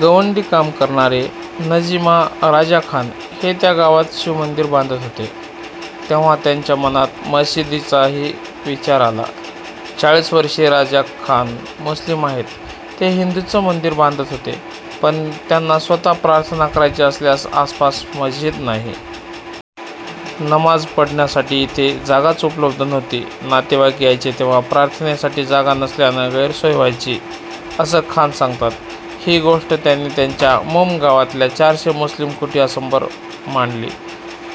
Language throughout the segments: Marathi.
गवंडी काम करणारे नजीम राजा खान हे त्या गावात शिव मंदिर बांधत होते. तेव्हा त्यांच्या मनात मशिदीचाही विचार आला. चाळीस वर्षीय राजा खान मुस्लीम आहेत. ते हिंदूचं मंदिर बांधत होते. पण त्यांना स्वत: प्रार्थना करायची असल्यास आसपास मशीद नाही. नमाज पढण्यासाठी इथे जागाच उपलब्ध नव्हती. नातेवाईक यायचे तेव्हा प्रार्थनेसाठी जागा नसल्यानं गैरसोय व्हायची, असं खान सांगतात. ही गोष्ट त्यांनी त्यांच्या मूम गावातल्या चारशे मुस्लीम कुटुंबीयांसमोर मांडली.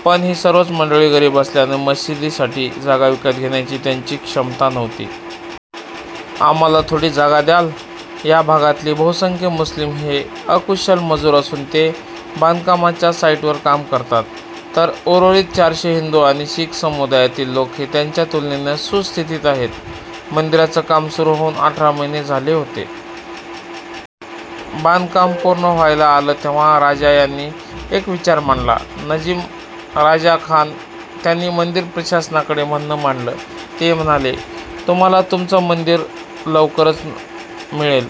पण ही सर्वच मंडळी गरीब असल्यानं मशिदीसाठी जागा विकत घेण्याची त्यांची क्षमता नव्हती. आम्हाला थोडी जागा द्याल? या भागातले बहुसंख्य मुस्लीम हे अकुशल मजूर असून ते बांधकामाच्या साईटवर काम करतात. तर उर्वरित चारशे हिंदू आणि शीख समुदायातील लोक हे त्यांच्या तुलनेनं सुस्थितीत आहेत. मंदिराचं काम सुरू होऊन अठरा महीने झाले होते. बांधकाम पूर्ण व्हायला आलं तेव्हा राजा यांनी एक विचार मांडला. नजीम राजा खान त्यांनी मंदिर प्रशासनाकडे म्हणणं मांडंलं. ते म्हणाले, तुम्हाला तुमचं नवीन मंदिर लवकरच मिळेल.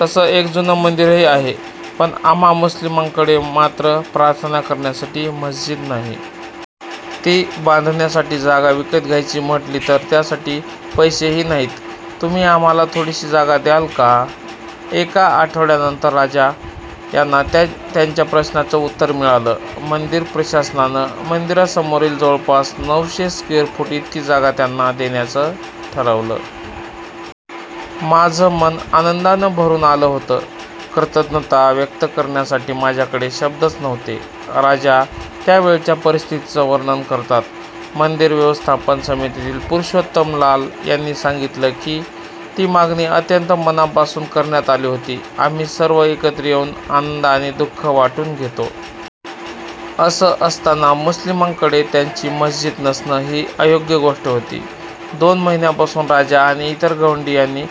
तसंच एक जुनं मंदिरही आहे. पण आम्हा मुस्लिमांकडे मात्र प्रार्थना करण्यासाठी मशीद नाही. ती बांधण्यासाठी जागा विकत घ्यायची म्हटली तर त्यासाठी पैसेही नाहीत. तुम्ही आम्हाला थोडीशी जागा द्याल का? एका आठवड्यानंतर राजा यांना त्यांच्या प्रश्नाचं उत्तर मिळालं. मंदिर प्रशासनानं मंदिरासमोरील जवळपास नऊशे स्क्वेअर फूट इतकी जागा त्यांना देण्याचं ठरवलं. माझं मन आनंदानं भरून आलं होतं. कृतज्ञता व्यक्त करण्यासाठी माझ्याकडे शब्दच नव्हते, राजा त्यावेळच्या परिस्थितीचं वर्णन करतात. मंदिर व्यवस्थापन समितीतील पुरषोत्तम लाल यांनी सांगितलं की, ती मागणी अत्यंत मनापासून करण्यात आली होती. आम्ही सर्व एकत्र येऊन आनंद आणि दु:ख वाटून घेतो. असं असताना मुस्लिमांकडे त्यांची मशीद नसणं, ही अयोग्य गोष्ट होती. दोन महिन्यांपासून राजा आणि इतर गवंडी यांनी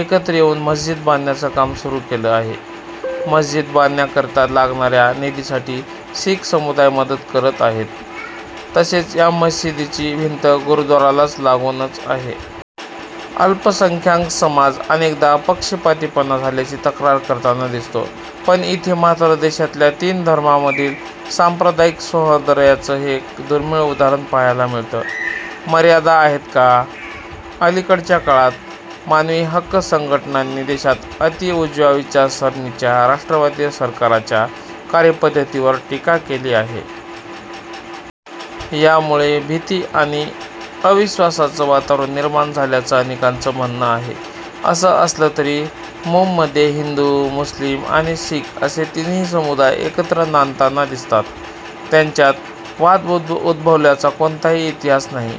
एकत्र येऊन मशीद बांधण्याचं काम सुरू केलं आहे. मशीद उभारण्याकरता लागणाऱ्या निधीसाठी शीख समुदाय मदत करत आहे, तसंच या मशिदीची भिंत गुरुद्वाराला लागूनच आहे. अल्पसंख्याक समाज अनेकदा पक्षपातीपणा झाल्याची तक्रार करताना दिसतो. पण इथे मात्र देशातल्या तीन धर्मांमधील सांप्रदायिक सौहर्दाचं हे एक दुर्मीळ उदाहरण पाहायला मिळतं. मर्यादा आहेत का? अलिकडच्या काळात, मानवी हक्क संघटनांनी देशात अती उजव्या विचारसरणीच्या राष्ट्रवादी सरकारांच्या कार्यपध्दतीवर टीका केली आहे. यामुळे भीती आणि अविश्वासाचं वातावरण निर्माण झाल्याचं अनेकांचं म्हणणं आहे. असं असलं तरी, मूममध्ये हिंदू, मुस्लीम आणि शीख असे तिन्ही समुदाय एकत्र नांदताना दिसतात. त्यांच्यात वाद उद्भवल्याचा कोणताही इतिहास नाही.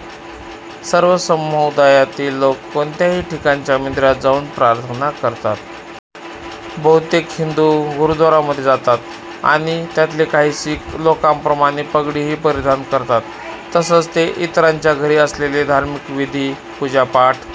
सर्व समुदायातील लोक कोणत्याही ठिकाणच्या मंदिरात जाऊन प्रार्थना करतात. बहुतेक हिंदू गुरुद्वारामध्ये जातात आणि त्यातले काही शीख लोकांप्रमाणे पगडीही परिधान करतात. तसंच ते इतरांच्या घरी असलेले धार्मिक विधी, पूजापाठ